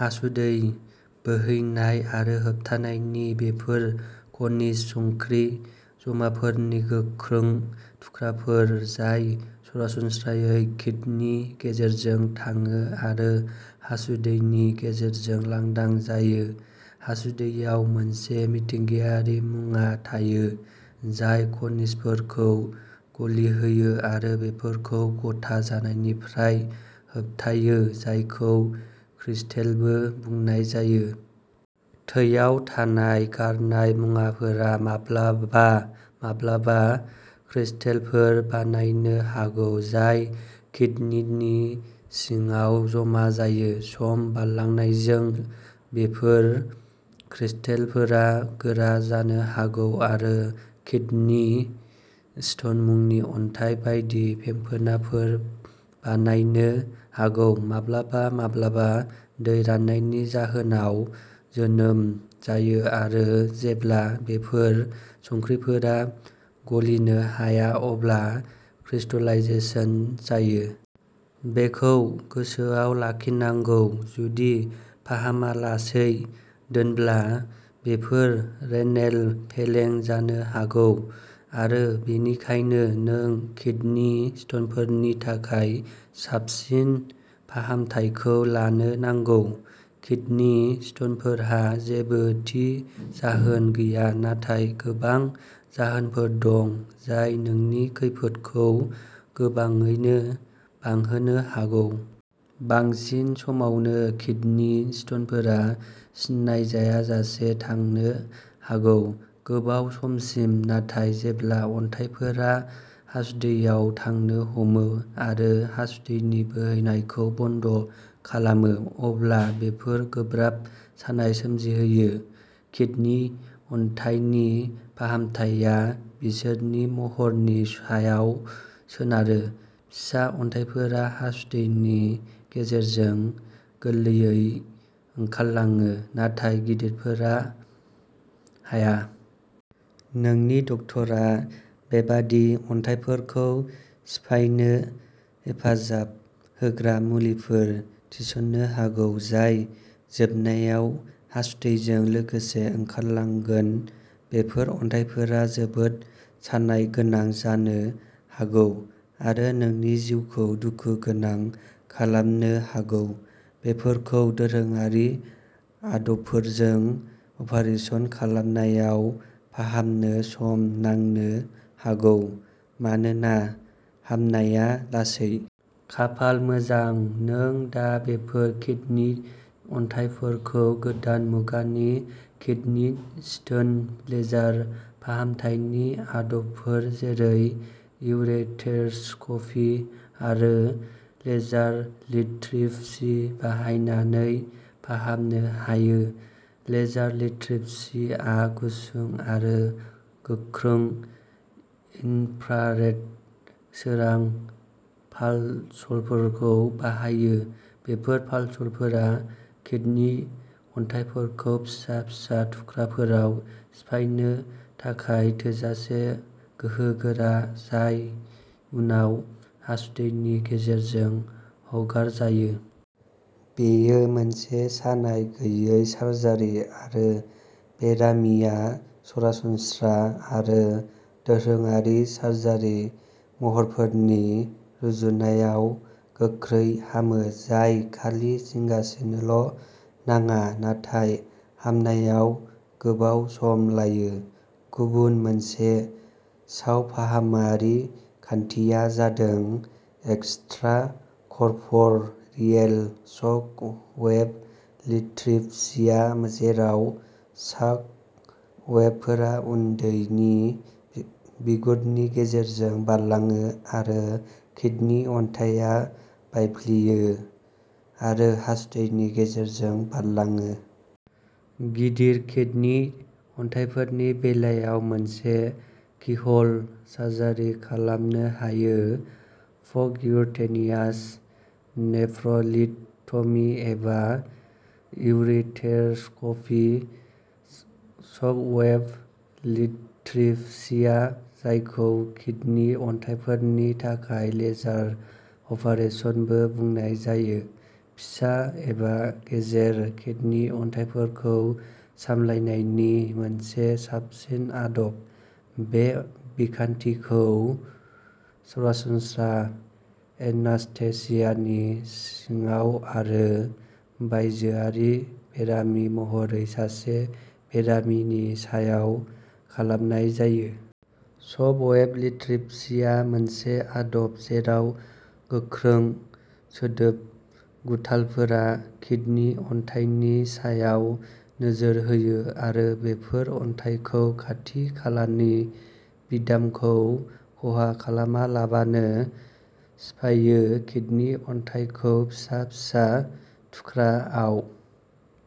हासुदै बोहैनाय आरो होबथानायनि बेफोर खनिज संख्रि जमाफोरनि गोख्रों थुख्राफोर जाय सरासनस्रायै किदनि गेजेरजों थाङो आरो हासुदैनि गेजेरजों लांदां जायो। हासुदैयाव मोनसे मिथिंगायारि मुवा थायो, जाय खनिजफोरखौ गलिहोयो आरो बेफोरखौ गथा जानायनिफ्राय होबथायो जायखौ क्रिस्टेलबो बुंनाय जायो। थैयाव थानाय गारनाय मुवाफोरा माब्लाबा माब्लाबा क्रिस्टेलफोर बानायनो हागौ जाय किदनिनि सिङाव जमा जायो। सम बारलांनायजों, बेफोर क्रिस्टेलफोरा गोरा जानो हागौ आरो किदनि स्टन मुंनि अन्थाइ बायदि फेंफोनाफोर बानायनो हागौ। माब्लाबा माब्लाबा, दै राननायनि जाहोनाव जोनोम जायो आरो जेब्ला बेफोर संख्रिफोरा गलिनो हाया अब्ला क्रिस्टलाइजेशन जायो। बेखौ गोसोआव लाखिनांगौ जुदि फाहामालासै दोनब्ला बेफोर रेनेल फेलें जानो हागौ, आरो बेनिखायनो नों किदनि स्टनफोरनि थाखाय साबसिन फाहामथायखौ लानो नांगौ। किदनि स्टनफोरहा जेबो थि जाहोन गैया, नाथाय गोबां जाहोनफोर दं जाय नोंनि खैफोदखौ गोबाङैनो बांहोनो हागौ। बांसिन समावनो किदनि स्टनफोरा सिनायजायाजासे थांनो हागौ। गोबाव समसिम, नाथाय जेब्ला अन्थाइफोरा हासुदैयाव थांनो हमो आरो हासुदैनि बोहैनायखौ बन्द' खालामो, अब्ला बेफोर गोब्राब सानाय सोमजिहोयो। किडनि अन्थाइनि फाहामथाया बिसोरनि महरनि सायाव सोनारो। फिसा अन्थाइफोरा हासुदैनि गेजेरजों गोरलैयै ओंखारलाङो, नाथाय गिदिरफोरा हाया। नोंनि डाक्टारआ बेबादि अन्थाइफोरखौ सिफायनो हेफाजाब होग्रा मुलिफोर थिसन्नो हागौ, जाय जोबनायाव हासुदैजों लोगोसे ओंखारलांगोन। बेफोर अन्थाइफोरा जोबोद सानायगोनां जानो हागौ आरो नोंनि जिउखौ दुखुगोनां खालामनो हागौ। बेफोरखौ दोरोङारि आदबफोरजों अपारेसन खालामनायाव फाहामनो सम नांनो हागौ मानोना हामनाया लासै। खाफाल मोजां, नों दा बेफोर किडनि अन्थाइफोरखौ गोदान मुगानि किडनी स्टोन लेजार फाहामथायनि आदबफोर, जेरै इउरेटेरस्कपी आरो लेजार लिथट्रिप्सी बाहायनानै फाहामनो हायो। लेजार लिथट्रिप्सीआ गुसुं आरो गोख्रों इन्फ्रारेड सोरां पाल्सफोरखौ बाहायो। बेफोर पाल्सफोरा किडनि अन्थाइफोरखौ फिसा फिसा थुख्राफोराव सिफायनो थाखाय थोजासे गोहोगोरा, जाय उनाव हासुदैनि गेजेरजों हगारजायो। बेयो मोनसे सानाय गैयै सार्जारि आरो बेरामिया सरासनस्रा आरो दोरोङारि सार्जारि महरफोरनि रुजुनायाव गोख्रै हामो, जाय खालि जिंगासिनोल' नाङा, नाथाय हामनायाव गोबाव सम लायो। गुबुन मोनसे सावफाहामारि खान्थिया जादों एक्सट्राकर्प'रियेल शक वेव लिथट्रिप्सिया, जेराव शक वेवफोरा उदैनि बिगुरनि गेजेरजों बारलाङो आरो किडनि अन्थाइया बायफ्लेयो आरो हासुदैनि गेजेरजों बारलाङो। गिदिर किडनि अन्थाइफोरनि बेलायाव, मोनसे कीह'ल सार्जारि खालामनो हायो पर्क्युटेनियास नेफ्र'लिथ'ट'मि एबा इउरेटेरस्कपि। शकवेव लिथट्रिप्सिया, जायखौ किडनि अन्थाइफोरनि थाखाय लेजार अपारेसनबो बुंनाय जायो, फिसा एबा गेजेर किडनि अन्थाइफोरखौ सामलायनायनि मोनसे साबसिन आदब। बे बिखान्थिखौ सरासनस्रा एनास्थेसियानि सिङाव आरो बायजोआरि बेरामि महरै सासे बेरामिनि सायाव खालामनाय जायो। शकवेव लिथट्रिप्सिया मोनसे आदब जेराव गोख्रों सोदोब गुथालफोरा किडनि अन्थाइनि सायाव नोजोर होयो, आरो बेफोरो अन्थाइखौ खाथि खालानि बिदामखौ खहा खालामालाबानो सिफायो किडनि अन्थाइखौ फिसा फिसा थुख्राआव।